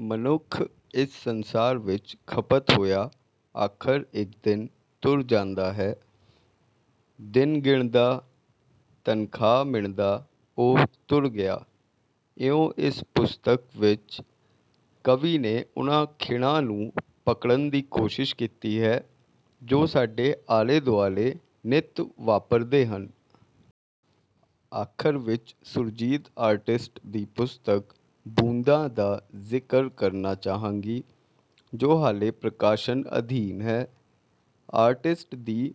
ਮਨੁੱਖ ਇਸ ਸੰਸਾਰ ਵਿੱਚ ਖ਼ਪਤ ਹੋਇਆ ਆਖ਼ਰ ਇੱਕ ਦਿਨ ਤੁਰ ਜਾਂਦਾ ਹੈ: "ਦਿਨ ਗਿਣਦਾ, ਤਨਖਾਹ ਮਿਣਦਾ, ਉਹ ਤੁਰ ਗਿਆ।"ਇਉਂ ਇਸ ਪੁਸਤਕ ਵਿੱਚ ਕਵੀ ਨੇ ਉਨ੍ਹਾਂ ਖਿਣਾਂ ਨੂੰ ਪਕੜਨ ਦੀ ਕੋਸ਼ਿਸ਼ ਕੀਤੀ ਹੈ ਜੋ ਸਾਡੇ ਆਲੇ-ਦੁਆਲੇ ਨਿੱਤ ਵਾਪਰਦੇ ਹਨ। ਆਖ਼ਰ ਵਿੱਚ ਸੁਰਜੀਤ ਆਰਟਿਸਟ ਦੀ ਪੁਸਤਕ 'ਬੂੰਦਾਂ' ਦਾ ਜ਼ਿਕਰ ਕਰਨਾ ਚਾਹਾਂਗੀ, ਜੋ ਹਾਲੇ ਪ੍ਰਕਾਸ਼ਨ ਅਧੀਨ ਹੈ। ਆਰਟਿਸਟ ਦੀ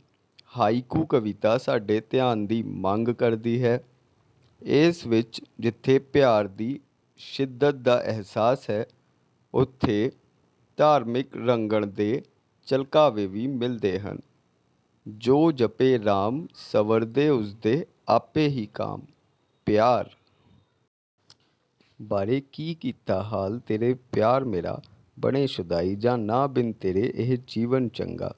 ਹਾਇਕੂ ਕਵਿਤਾ ਸਾਡੇ ਧਿਆਨ ਦੀ ਮੰਗ ਕਰਦੀ ਹੈ। ਇਸ ਵਿੱਚ ਜਿੱਥੇ ਪਿਆਰ ਦੀ ਸ਼ਿੱਦਤ ਦਾ ਅਹਿਸਾਸ ਹੈ, ਉੱਥੇ ਧਾਰਮਿਕ ਰੰਗਣ ਦੇ ਝਲਕਾਰੇ ਵੀ ਮਿਲਦੇ ਹਨ:"ਜੋ ਜਪੇ ਰਾਮ, ਸੰਵਰਦੇ ਉਸਦੇ, ਆਪੇ ਹੀ ਕਾਮ।"ਪਿਆਰ ਬਾਰੇ:"ਕੀ ਕੀਤਾ ਹਾਲ? ਤੇਰੇ ਪਿਆਰ ਮੇਰਾ, ਬਣੇ ਸ਼ੁਦਾਈ।""ਜਾਂ ਨਾ ਬਿਨ ਤੇਰੇ, ਇਹ ਜੀਵਨ ਚੰਗਾ,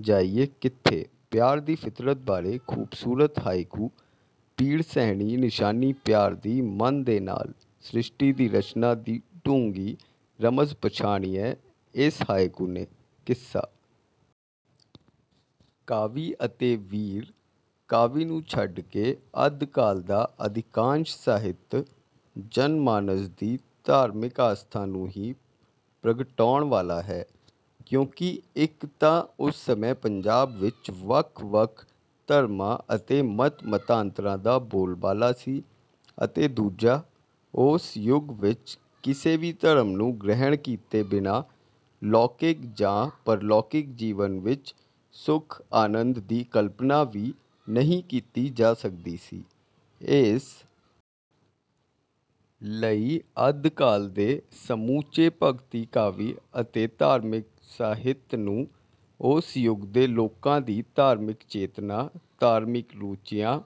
ਜਾਈਏ ਕਿੱਥੇ? ਪਿਆਰ ਦੀ ਫ਼ਿਤਰਤ ਬਾਰੇ ਖੂਬਸੂਰਤ ਹਾਇਕੂ:"ਪੀੜ ਸਹਿਣੀ, ਨਿਸ਼ਾਨੀ ਪਿਆਰ ਦੀ, ਮਨ ਦੇ ਨਾਲ।"ਸ਼੍ਰਿਸ਼ਟੀ ਦੀ ਰਚਨਾ ਦੀ ਡੂੰਘੀ ਰਮਜ਼ ਪਛਾਣੀ ਹੈ ਇਸ ਹਾਇਕੂ ਨੇ। ਕਿੱਸਾ ਕਾਵਿ ਅਤੇ ਵੀਰ ਕਾਵਿ ਨੂੰ ਛੱਡ ਕੇ ਮੱਧ ਕਾਲ ਦਾ ਅਧਿਕਾਂਸ਼ ਸਾਹਿਤ ਜਨ-ਮਾਨਸ ਦੀ ਧਾਰਮਿਕ ਆਸਥਾ ਨੂੰ ਹੀ ਪ੍ਰਗਟਾਉਣ ਵਾਲਾ ਹੈ, ਕਿਉਂਕਿ ਇੱਕ ਤਾਂ ਉਸ ਸਮੇਂ ਪੰਜਾਬ ਵਿੱਚ ਵੱਖ-ਵੱਖ ਧਰਮਾਂ ਅਤੇ ਮਤ-ਮਤਾਂਤਰਾਂ ਦਾ ਬੋਲਬਾਲਾ ਸੀ ਅਤੇ ਦੂਜਾ, ਉਸ ਯੁੱਗ ਵਿੱਚ ਕਿਸੇ ਵੀ ਧਰਮ ਨੂੰ ਗ੍ਰਹਿਣ ਕੀਤੇ ਬਿਨਾਂ ਲੌਕਿਕ ਜਾਂ ਪਰਲੌਕਿਕ ਜੀਵਨ ਵਿੱਚ ਸੁਖ-ਆਨੰਦ ਦੀ ਕਲਪਨਾ ਵੀ ਨਹੀਂ ਕੀਤੀ ਜਾ ਸਕਦੀ ਸੀ। ਇਸ ਲਈ ਮੱਧ ਕਾਲ ਦੇ ਸਮੁੱਚੇ ਭਗਤੀ ਕਾਵਿ ਅਤੇ ਧਾਰਮਿਕ ਸਾਹਿਤ ਨੂੰ ਉਸ ਯੁੱਗ ਦੇ ਲੋਕਾਂ ਦੀ ਧਾਰਮਿਕ ਚੇਤਨਾ, ਧਾਰਮਿਕ ਰੁਚੀਆਂ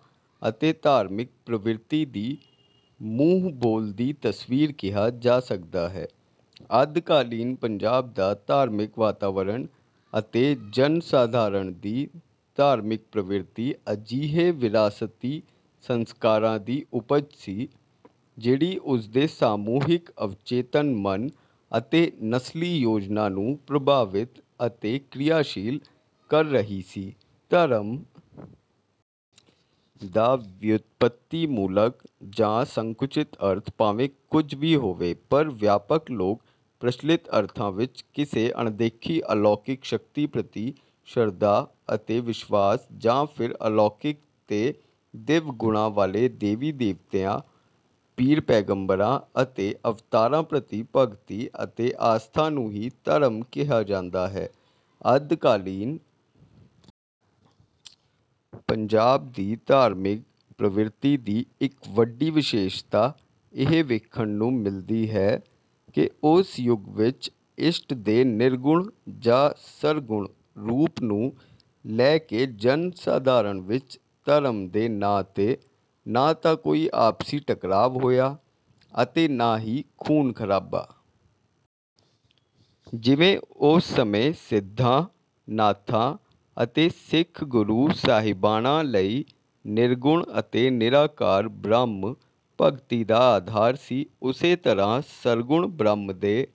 ਅਤੇ ਧਾਰਮਿਕ ਪ੍ਰਵਿਰਤੀ ਦੀ ਮੂੰਹ-ਬੋਲਦੀ ਤਸਵੀਰ ਕਿਹਾ ਜਾ ਸਕਦਾ ਹੈ। ਮੱਧਕਾਲੀਨ ਪੰਜਾਬ ਦਾ ਧਾਰਮਿਕ ਵਾਤਾਵਰਨ ਅਤੇ ਜਨ-ਸਾਧਾਰਨ ਦੀ ਧਾਰਮਿਕ ਪ੍ਰਵਿਰਤੀ ਅਜਿਹੇ ਵਿਰਾਸਤੀ ਸੰਸਕਾਰਾਂ ਦੀ ਉਪਜ ਸੀ, ਜਿਹੜੀ ਉਸ ਦੇ ਸਮੂਹਿਕ ਅਵਚੇਤਨ ਮਨ ਅਤੇ ਨਸਲੀ ਯੋਜਨਾ ਨੂੰ ਪ੍ਰਭਾਵਿਤ ਅਤੇ ਕ੍ਰਿਆਸ਼ੀਲ ਕਰ ਰਹੀ ਸੀ। ਧਰਮ ਦਾ ਵਿਉਤਪੱਤੀਮੂਲਕ ਜਾਂ ਸੰਕੁਚਿਤ ਅਰਥ ਭਾਵੇਂ ਕੁਝ ਵੀ ਹੋਵੇ, ਪਰ ਵਿਆਪਕ ਲੋਕ-ਪ੍ਰਚਲਿਤ ਅਰਥਾਂ ਵਿੱਚ ਕਿਸੇ ਅਣਦੇਖੀ ਅਲੌਕਿਕ ਸ਼ਕਤੀ ਪ੍ਰਤੀ ਸ਼ਰਧਾ ਅਤੇ ਵਿਸ਼ਵਾਸ, ਜਾਂ ਫਿਰ ਅਲੌਕਿਕ ਤੇ ਦਿਵ ਗੁਣਾਂ ਵਾਲੇ ਦੇਵੀ-ਦੇਵਤਿਆਂ, ਪੀਰ-ਪੈਗੰਬਰਾਂ ਅਤੇ ਅਵਤਾਰਾਂ ਪ੍ਰਤੀ ਭਗਤੀ ਅਤੇ ਆਸਥਾ ਨੂੰ ਹੀ ਧਰਮ ਕਿਹਾ ਜਾਂਦਾ ਹੈ। ਮੱਧਕਾਲੀਨ ਪੰਜਾਬ ਦੀ ਧਾਰਮਿਕ ਪ੍ਰਵਿਰਤੀ ਦੀ ਇੱਕ ਵੱਡੀ ਵਿਸ਼ੇਸ਼ਤਾ ਇਹ ਵੇਖਣ ਨੂੰ ਮਿਲਦੀ ਹੈ ਕਿ ਉਸ ਯੁੱਗ ਵਿੱਚ ਇਸ਼ਟ ਦੇ ਨਿਰਗੁਣ ਜਾਂ ਸਰਗੁਣ ਰੂਪ ਨੂੰ ਲੈ ਕੇ ਜਨ-ਸਾਧਾਰਨ ਵਿੱਚ ਧਰਮ ਦੇ ਨਾਂ 'ਤੇ ਨਾ ਤਾਂ ਕੋਈ ਆਪਸੀ ਟਕਰਾਅ ਹੋਇਆ ਅਤੇ ਨਾ ਹੀ ਖ਼ੂਨ-ਖ਼ਰਾਬਾ। ਜਿਵੇਂ ਉਸ ਸਮੇਂ ਸਿੱਧਾਂ-ਨਾਥਾਂ ਅਤੇ ਸਿੱਖ ਗੁਰੂ ਸਾਹਿਬਾਨਾਂ ਲਈ ਨਿਰਗੁਣ ਅਤੇ ਨਿਰਾਕਾਰ ਬ੍ਰਹਮ ਭਗਤੀ ਦਾ ਅਧਾਰ ਸੀ, ਉਸੇ ਤਰ੍ਹਾਂ ਸਰਗੁਣ ਬ੍ਰਹਮ ਦੇ..